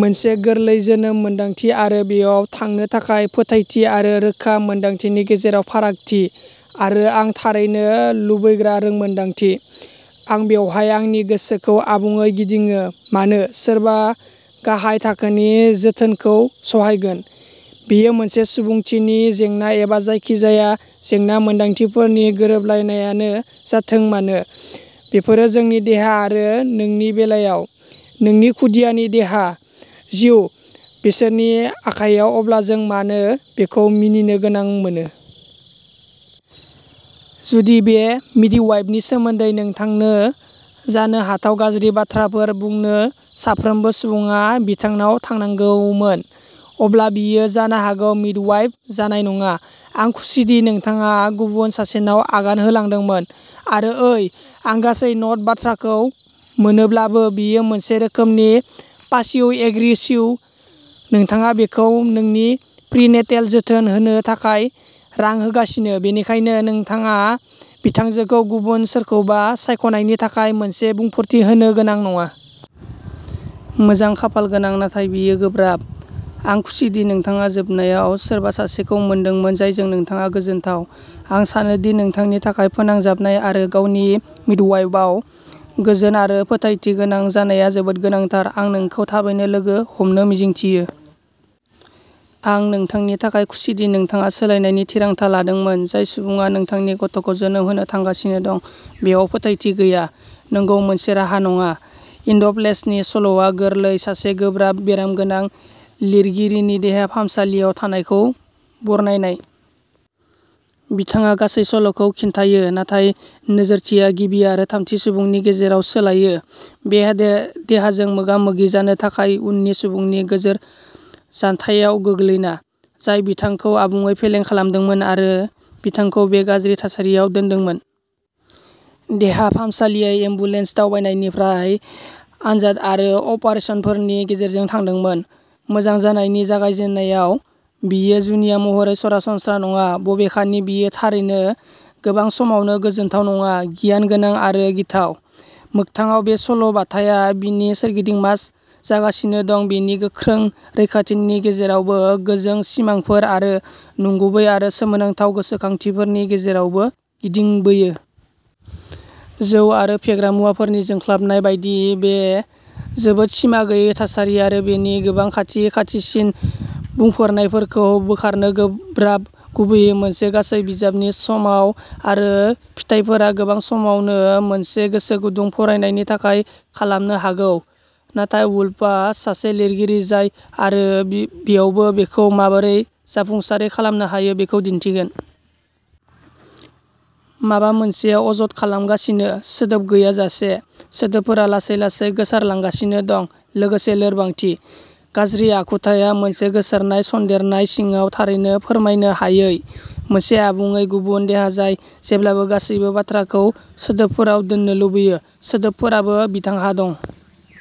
मोनसे गोरलै जोनोम मोन्दांथि आरो बेयाव थांनो थाखाय फोथायथि आरो रोखा मोन्दांथिनि गेजेराव फारागथि, आरो आं थारैनो लुबैग्रा रोंमोनदांथि। आं बेवहाय आंनि गोसोखौ आबुङै गिदिङो, मानो सोरबा गाहाय थाखोनि जोथोनखौ सहायगोन? बेयो मोनसे सुबुंथिनि जेंना एबा जायखिजाया जेंना मोन्दांथिफोरनि गोरोबलायनायानो जाथों मानो, बेफोरो जोंनि देहा आरो नोंनि बेलायाव, नोंनि खुदियानि देहा, जिउ, बिसोरनि आखायाव अब्ला जों मानो बेखौ मिनिनो गोनां मोनो? जुदि बे मिडवाइफनि सोमोन्दै नोंथांनो जानो हाथाव गाज्रि बाथ्राफोर बुंनो साफ्रोमबो सुबुङा बिथांनाव थांनांगौमोन, अब्ला बियो जानो हागौ मिडवाइफ जानाय नङा। आं खुसिदि नोंथाङा गुबुन सासेनाव आगान होलांदोंमोन। आरो ओइ, आं गासै न'ट बाथ्राखौ मोनोब्लाबो, बेयो मोनसे रोखोमनि पासिव एग्रेसिव, नोंथाङा बिखौ नोंनि प्रि नेटेल जोथोन होनो थाखाय रां होगासिनो बेनिखायनो, नोंथाङा बिथांजोखौ गुबुन सोरखौबा सायख'नायनि थाखाय मोनसे बुंफोरथि होनो गोनां नङा। मोजां खाफालगोनां, नाथाय बेयो गोब्राब। आं खुसिदि नोंथाङा जोबनायाव सोरबा सासेखौ मोनदोंमोन जायजों नोंथाङा गोजोनथाव। आं सानो दि नोंथांनि थाखाय फोनांजाबनाय आरो गावनि मिडवाइफआव गोजोन आरो फोथायथि गोनां जानाया जोबोद गोनांथार। आं नोंखौ थाबैनो लोगो हमनो मिजिंथियो। आं नोंथांनि थाखाय खुसिदि नोंथाङा सोलायनायनि थिरांथा लादोंमोन। जाय सुबुङा नोंथांनि गथ'खौ जोनोम होनो थांगासिनो दं, बेयाव फोथायथि गैया? नंगौ, मोनसे राहा नङा। इन द फ्लेशनि सल'आ गोरलै, सासे गोब्राब बेरामगोनां लिरगिरिनि देहा फाहामसालियाव थानायखौ बरनायनाय। बिथाङा गासै सल'खौ खिन्थायो, नाथाय नोजोरथिया गिबि आरो थामथि सुबुंनि गेजेराव सोलायो, बे देह देहाजों मोगा मोगि जानो थाखाय उननि सुबुंनि गोजोर जानथायाव गोग्लैना, जाय बिथांखौ आबुङै फेलें खालामदोंमोन आरो बिथांखौ बे गाज्रि थासारियाव दोनदोंमोन। देहा फाहामसालिया एम्बुलेन्स दावबायनायनिफ्राय आनजाद आरो अपारेसनफोरनि गेजेरजों थादोंमोन। मोजां जानायनि जागायजेन्नायाव, बेयो जुनिया महरै सरासनस्रा नङा, बबेखानि बेयो थारैनो गोबां समावनो गोजोनथाव नङा, गिनाय गोनां आरो गिथाव। मोगथाङाव बे सल' बाथाया बिनि सोरगिदिं मा जागासिनो दं बिनि गोख्रों रोखाथिनि गेजेरावबो गोजों सिमांफोर आरो नंगुबै आरो सोमोनांथाव गोसोखांथिफोरनि गेजेरावबो गिदिंबोयो। जौ आरो फेग्रा मुवाफोरनि जोंख्लाबनाय बायदि, बे जोबोद सिमा गैयै थासारि आरो बेनि गोबां खाथि खाथिसिन बुंफोरनायफोरखौ बोखारनो गोब्राब गुबैयै मोनसे गासै बिजाबनि समाव आरो फिथायफोरा गोबां समावनो मोनसे गोसो गुदुं फरायनायनि थाखाय खालामनो हागौ, नाथाय वुल्फआ सासे लिरगिरि जाय आरो बेयावबो बेखौ माबोरै जाफुंसारै खालामनो हायो बेखौ दिन्थिगोन। माबा मोनसेआ अजद खालामगासिनो, सोदोब गैयाजासे। सोदोबफोरा लासै लासै गोसारलांगासिनो दं, लोगोसे लोरबांथि। गाज्रि आखुथाया मोनसे गोसारनाय सन्देरनाय सिङाव थारैनो फोरमायनो हायै, मोनसे आबुङै गुबुन देहा जाय जेब्लाबो गासैबो बाथ्राखौ सोदोबफोराव दोननो लुबैयो। सोदोबफोराबो बिथांहा दं।